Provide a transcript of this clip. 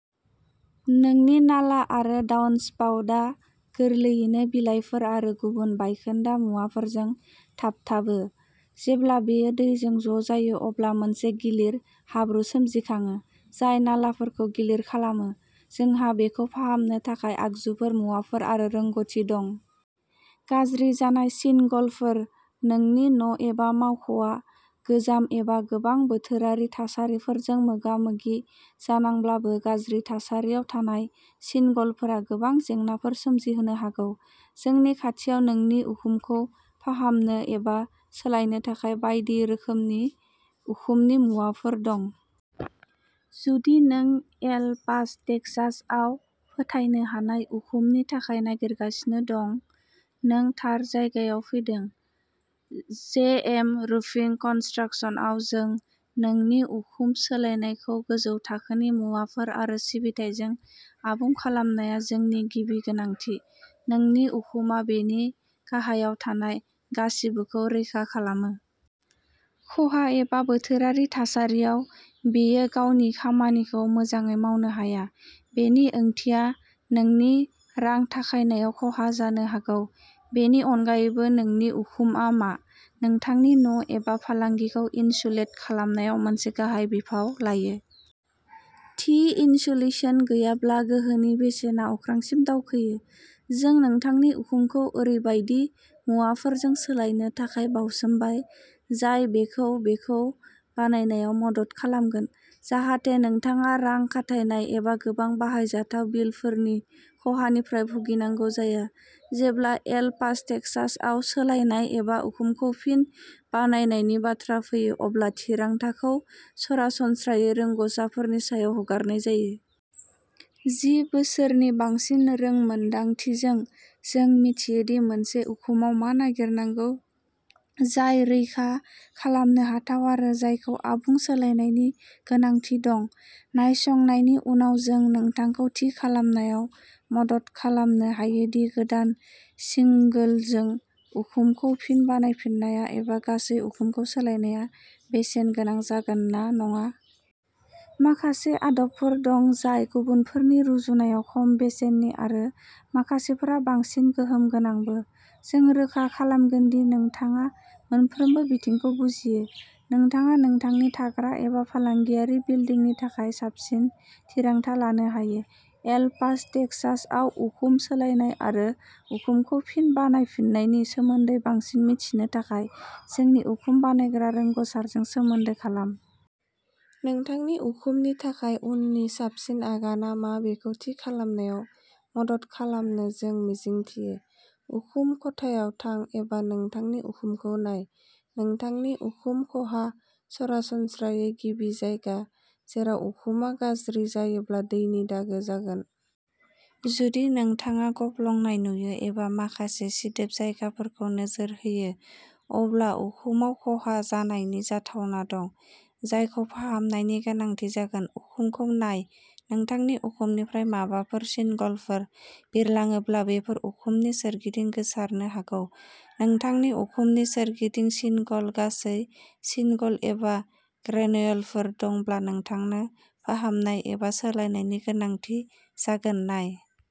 नोंनि नाला आरो डाउनस्पाउटआ गोरलैयैनो बिलाइफोर आरो गुबुन बायखोन्दा मुवाफोरजों थाबथाबो। जेब्ला बेयो दैजों ज' जायो, अब्ला मोनसे गिलिर हाब्रु सोमजिखाङो, जाय नालाफोरखौ गिलिर खालामो। जोंहा बेखौ फाहामनो थाखाय आगजुफोर, मुवाफोर आरो रोंग'थि दं। गाज्रि जानाय सिनगलफोर नोंनि न' एबा मावख'आ गोजाम एबा गोबां बोथोरारि थासारिफोरजों मोगा-मोगि जानांब्लाबो गाज्रि थासारियाव थानाय सिनगलफोरा गोबां जेंनाफोर सोमजिहोनो हागौ। जोंनि खाथियाव नोंनि उखुमखौ फाहामनो एबा सोलायनो थाखाय बायदि रोखोमनि उखुमनि मुवाफोर दं। जुदि नों एल पास टेक्सासआव फोथायनो हानाय उखुमनि थाखाय नागिरगासिनो दं। नों थार जायगायाव फैदों। जेएम रुफिं कन्सट्रक्सनआव जों नोंनि उखुम सोलायनायखौ गोजौ थाखोनि मुवाफोर आरो सिबिथाइजों आबुं खालामनाया जोंनि गिबि गोनांथि। नोंनि उखुमआ बेनि गाहायाव थानाय गासिबोखौ रैखा खालामो। खहा एबा बोथोरारि थासारियाव, बेयो गावनि खामानिखौ मोजाङै मावनो हाया। बेनि ओंथिया नोंनि रां खाथायनायाव खहा जानो हागौ। बेनि अनगायैबो नोंनि उखुमआ मा? नोंथांनि न' एबा फालांगिखौ इनसुलेट खालामनायाव मोनसे गाहाय बिफाव लायो। थि इनसुलेशन गैयाब्ला, गोहोनि बेसेना अख्रांसिम दावखोयो। जों नोंथांनि उखुमखौ ओरैबायदि मुवाफोरजों सोलायनो थाखाय बाउसोमबाय, जाय बेखौ बेखौ बानायनायाव मदद खालामगोन जाहाथे नोंथाङा रां खाथायनाय एबा गोबां बाहायजाथाव बिलफोरनि खहानिफ्राय भुगिनांगौ जाया। जेब्ला एल पास'टेक्सासआव सोलायनाय एबा उखुमखौ फिन बानायनायनि बाथ्रा फैयो, अब्ला थिरांथाखौ सरासनस्रायै रोंग'सारफोरनि सायाव हगारनाय जायो। जि बोसोरनि बांसिन रोंमोन्दांथिजों, जों मिथियो दि मोनसे उखुमआव मा नागिरनांगौ जाय रैखा खालामनो हाथाव आरो जायखौ आबुं सोलायनायनि गोनांथि दं। नायसंनायनि उनाव, जों नोंथांखौ थि खालामनायाव मदद खालामनो हायो दि गोदान सिंगोलजों उखुमखौ फिन बानायफिननाया एबा गासै उखुमखौ सोलायनाया बेसेन गोनां जागोन ना नङा। माखासे आदबफोर दं जाय गुबुनफोरनि रुजुनायाव खम बेसेननि आरो माखासेफोरा बांसिन गोहोम गोनांबो। जों रोखा खालामगोन दि नोंथाङा मोनफ्रोमबो बिथिंखौ बुजियो। नोंथाङा नोंथांनि थाग्रा एबा फालांगियारि बिलदिंनि थाखाय साबसिन थिरांथा लानो हायो। एल पास'टेक्सासआव उखुम सोलायनाय आरो उखुमखौ फिन बानायफिन्नायनि सोमोन्दै बांसिन मिथिनो थाखाय, जोंनि उखुम बानायग्रा रोंग'सारजों सोमोन्दो खालाम। नोंथांनि उखुमनि थाखाय उननि साबसिन आगानआ मा बेखौ थि खालामनायाव मदद खालामनो जों मिजिंथियो। उखुम खथायाव थां एबा नोंथांनि उखुमखौ नाय। नोंथांनि उखुम ख'हा सरासनस्रायै गिबि जायगा जेराव उखुमआ गाज्रि जायोब्ला दैनि दागो जागोन। जुदि नोंथाङा गब्लंनाय नुयो एबा माखासे सिदोब जायगाफोरखौ नोजोर होयो, अब्ला उखुमाव खहा जानायनि जाथावना दं। जायखौ फाहामनायनि गोनांथि जागोन। उखुमखौ नाय नोंथांनि उखुमनिफ्राय माबाफोर सिनगलफोर बिरलाङोब्ला, बेफोर उखुमनि सोरगिदिं गोसारनो हागौ। नोंथांनि उखुमनि सोरगिदिं सिनगल, गासै सिनगल एबा ग्रेनयुलफोर दंब्ला, नोंथांनो फाहामनाय एबा सोलायनायनि गोनांथि जागोन। नाय।